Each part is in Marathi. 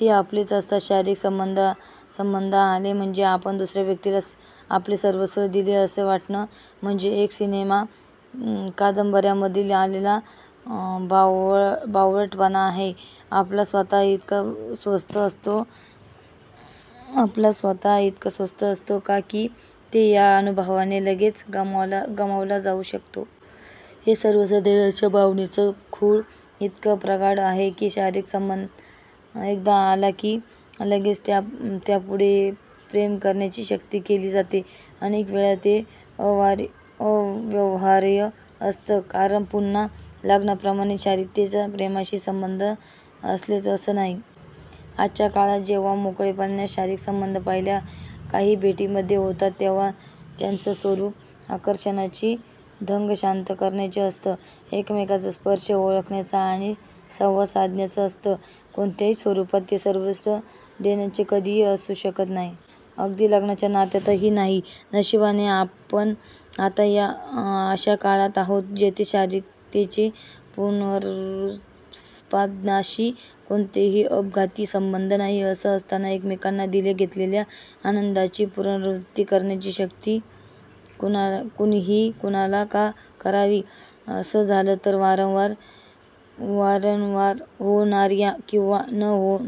ती आपलीच असतात. शारीरिक संबंध आले म्हणजे आपण दुसऱ्या व्यक्तीला आपले सर्वस्व दिले असं वाटणं म्हणजे एक सिनेमा कादंबऱ्यांमधून आलेला बावळटपणा आहे. आपला स्व हा इतका स्वस्त असतो का, की तो या अनुभवानं लगेच गमावला जाऊ शकतो? हे सर्वस्व देण्याच्या भावनेचं खूळ इतकं प्रगाढ आहे की शारीरिक संबंध एकदा आला की लगेच त्यापुढे प्रेम करण्याची सक्ती केली जाते. अनेक वेळा ते अव्यवहार्य असतं कारण पुन्हा लग्नाप्रमाणे शारीरिकतेचा प्रेमाशी संबंध असेलच असं नाही. आजच्या काळात जेव्हा मोकळेपणानं शारीरिक संबंध पहिल्या काही भेटींमध्ये होतात तेव्हा त्याचं स्वरूप आकर्षणाची धग शांत करण्याचं असतं. एकमेकांचा स्पर्श ओळखण्याचं आणि संवाद साधण्याचं असतं. कोणत्याही स्वरूपात ते सर्वस्व देण्याचं कधीही असू शकत नाही. अगदी लग्नाच्या नात्यातही नाही. नशिबानं आपण आता अशा काळात आहोत जिथे शारीरिकतेचा पुनरुत्पादनाशी कोणताही अपघाती संबंध नाही. असं असताना एकमेकांना दिल्या घेतलेल्या आनंदाची पुनरावृत्ती करण्याची सक्ती कुणीही कुणाला का करावी? तसं झालं तर वारंवार होणार्या किंवा न होऊ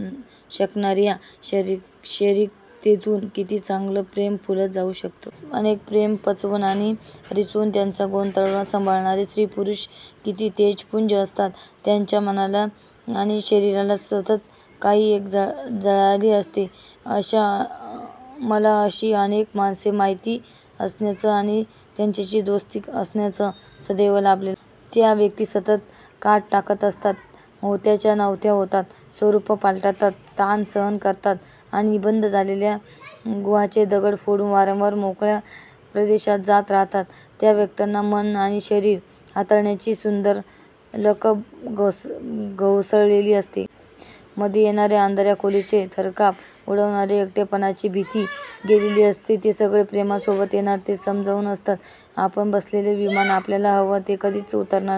शकणार्या शारीरिकतेतून किती चांगलं प्रेम फुलत जाऊ शकतं? अनेक प्रेमं पचवून आणि रिचवून त्याचा गोतावळा सांभाळणारे स्त्रीपुरुष किती तेजःपुंज असतात. त्यांच्या मनाला आणि शरीराला सतत एक झळाळी असते. मला अशी अनेक माणसं माहिती असण्याचं आणि त्यांच्याशी दोस्ती असण्याचं सुदैव लाभलेलं आहे. त्या व्यक्ती सतत कात टाकत असतात. होत्याच्या नव्हत्या होतात. स्वरूपं पालटतात. ताण सहन करतात आणि बंद झालेल्या गुहांचे दगड फोडून वारंवार मोकळ्या प्रदेशात जात राहतात. त्या व्यक्तींना मनं आणि शरीरं हाताळण्याची सुंदर लकब गवसलेली असते. मध्ये येणाऱ्या अंधाऱ्या खोल्यांची, थरकाप उडवणाऱ्या एकटेपणाची त्यांची भीती गेलेली असते. ते सगळं प्रेमासोबत येणार हे ते उमजून असतात. आपण बसलेलं विमान आपल्याला हवं ते कधीच उतरणार